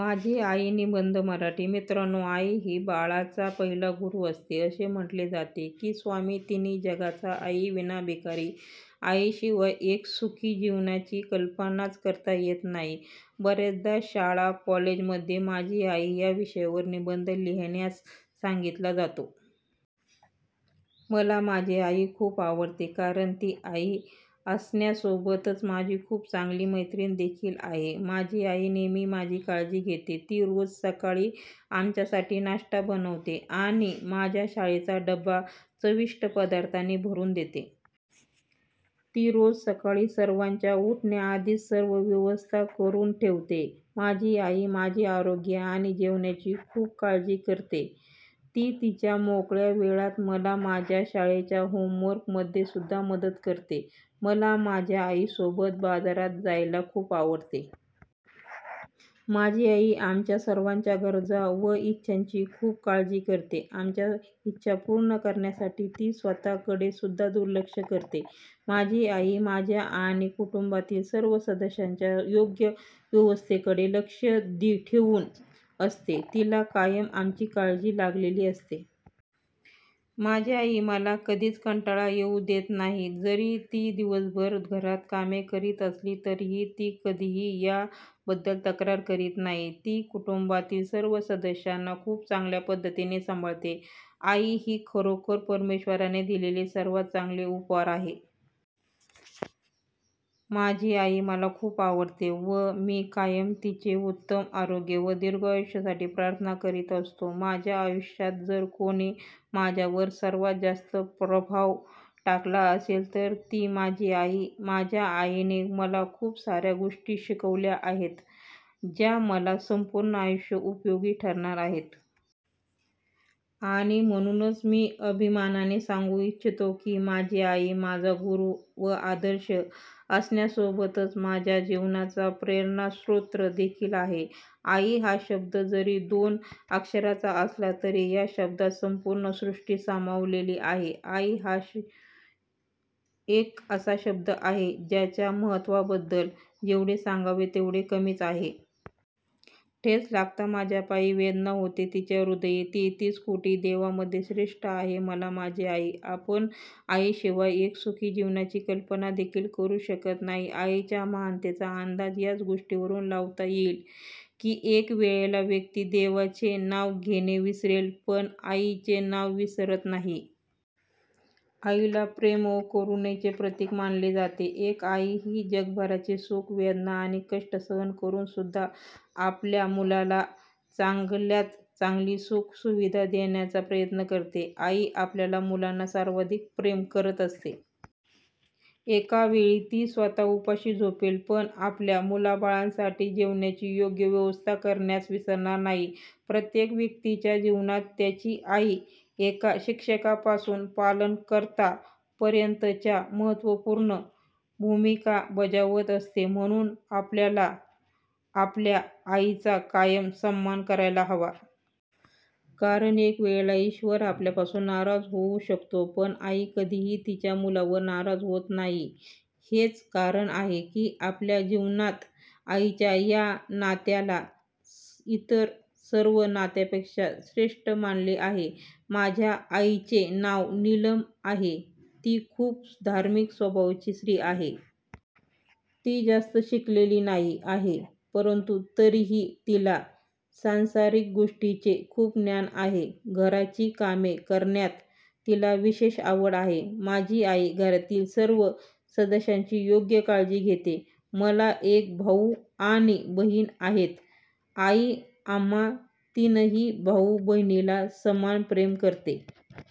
माझी आई निबंध मराठी: मित्रानो आई ही बाळाचा पहिला गुरु असते. असे म्हटले जाते की 'स्वामी तिन्ही जगाचा आई विना भिकारी'. आई शिवाय एक सुखी जीवनाची कल्पनाच करता येत नाही. बऱ्याचदा शाळा कॉलेज मध्ये माझी आई या विषयवार निबंध लिहिण्यास सांगीतला जातो. मला माझी आई खूप आवडते कारण ती आई असण्यासोबतच माझी खूप चांगली मैत्रीण देखील आहे. माझी आई नेहमी माझी काळजी घेते. ती रोज सकाळी आमच्यासाठी नाश्ता बनवते आणि माझा शाळेचा डब्बा चविष्ट पदार्थांनी भरून देते. ती रोज सकाळी सर्वांच्या उठण्याधीच सर्व व्यवस्था करून ठेवते. माझी आई माझे आरोग्य आणि जेवणाची खूप काळजी करते. ती तिच्या मोकळ्या वेळात मला माझ्या शाळेच्या होमवर्क मध्ये सुद्धा मदत करते. मला माझ्या आई सोबत बाजारात जायला खूप आवडते. माझी आई आमच्या सर्वांच्या गरज व इच्छांची खूप काळजी करते. आमच्या इच्छा पूर्ण करण्यासाठी ती स्वतः कडे सुद्धा दुर्लक्ष करते. माझी आई माझ्या आणि कुटुंबातील सर्व सदस्यांच्या योग्य व्यवस्थेकडे लक्ष ठेऊन असते, तिला कायम आमची काळजी लागलेली असते. माझी आई मला कधीही कंटाळा येऊ देत नाही. जरी ती दिवसभर घरात कामे करीत असली तरीही ती कधीही या बद्दल तक्रार करीत नाही. ती कुटुंबातील सर्व सदस्यांना खूप चांगल्या पद्धतीने सांभाळते. आई ही खरोखर परमेश्वराने दिलेले सर्वात चांगले उपहार आहे. माझी आई मला खूप आवडते व मी कायम तिचे उत्तम आरोग्य व दीर्घायुष्यासाठी प्रार्थना करीत असतो. माझ्या आयुष्यात जर कोणी माझ्यावर सर्वात जास्त प्रभाव टाकला असेल, तर ती माझी आई आहे. माझ्या आईने मला खूप साऱ्या गोष्टी शिकवल्या आहेत, ज्या मला संपूर्ण आयुष्य उपयोगी ठरणार आहेत. आणि म्हणूनच मी अभिमानाने सांगू इच्छितो की माझी आई माझा गुरु व आदर्श असण्यासोबताच माझ्या जीवनाचा प्रेणास्रोत देखील आहे. आई हा शब्द जरी दोन अक्षरांचा असला तरी या शब्दात संपूर्ण सृष्टि समावलेली आहे, आई हा एक असा शब्द आहे ज्याच्या महत्त्वाबद्दल जेवढे सांगावे तेवढे कमीच आहे. ठेच लागता माझ्या पायी, वेदना होती तिच्या हृदयी तेहतीस कोटी देवांमध्ये, श्रेष्ठ आहे मला माझी आई आपण आई शिवाय एका सुखी जीवनाची कल्पना देखील करू शकत नाही. आईच्या महानतेचा अंदाज याच गोष्टीवरून लावता येईल की एका वेळेला व्यक्ती देवाचे नाव घेणे विसरेल पण आई चे नाव विसरत नाही. आईला प्रेम व करुणे चे प्रतीक मानले जाते. एक आई ही जगभराचे दुख, वेदना आणि कष्ट सहन करून सुद्धा आपल्या मुलाला चांगल्यात चांगली सुख सुविधा देण्याचा प्रयत्न करते. आई आपल्या मुलांना सर्वाधिक प्रेम करत असते. एका वेळी ती स्वतः उपाशी झोपेल पण आपल्या मुलाबाळांसाठी जेवणाची योग्य व्यवस्था करण्यास विसरणार नाही. प्रत्येक व्यक्तीच्या जीवनात त्यांची आई एका शिक्षकापासून पालनकर्ता पर्यंत च्या महत्त्वपूर्ण भूमिका बजावत असते. म्हणूनच आपल्याला आपल्या आईचा कायम सन्मान करायला हवा. कारण एक वेळेला ईश्वर आपल्यापासून नाराज होऊ शकतो पण आई कधीही तिच्या मुलांवर नाराज होत नाही. हेच कारण आहे की आपल्या जीवनात आईच्या या नात्याला इतर सर्व नात्यापेक्षा श्रेष्ठ म्हटले आहे. माझ्या आईचे नाव निलम आहे ती खूपच धार्मिक स्वभावाची स्त्री आहे. ती जास्त शिकलेली नाही आहे. परंतु तरीही तिला सांसारिक गोष्टींचे खूप ज्ञान आहे. घराची कामे करण्यात तिला विशेष आवड आहे. माझी आई घरातील सर्व सदस्यांची योग्य काळजी घेते. मला एक भाऊ आणि बहीण आहेत. आई आम्हा तीनही भाऊ बहिणीला समान प्रेम करते.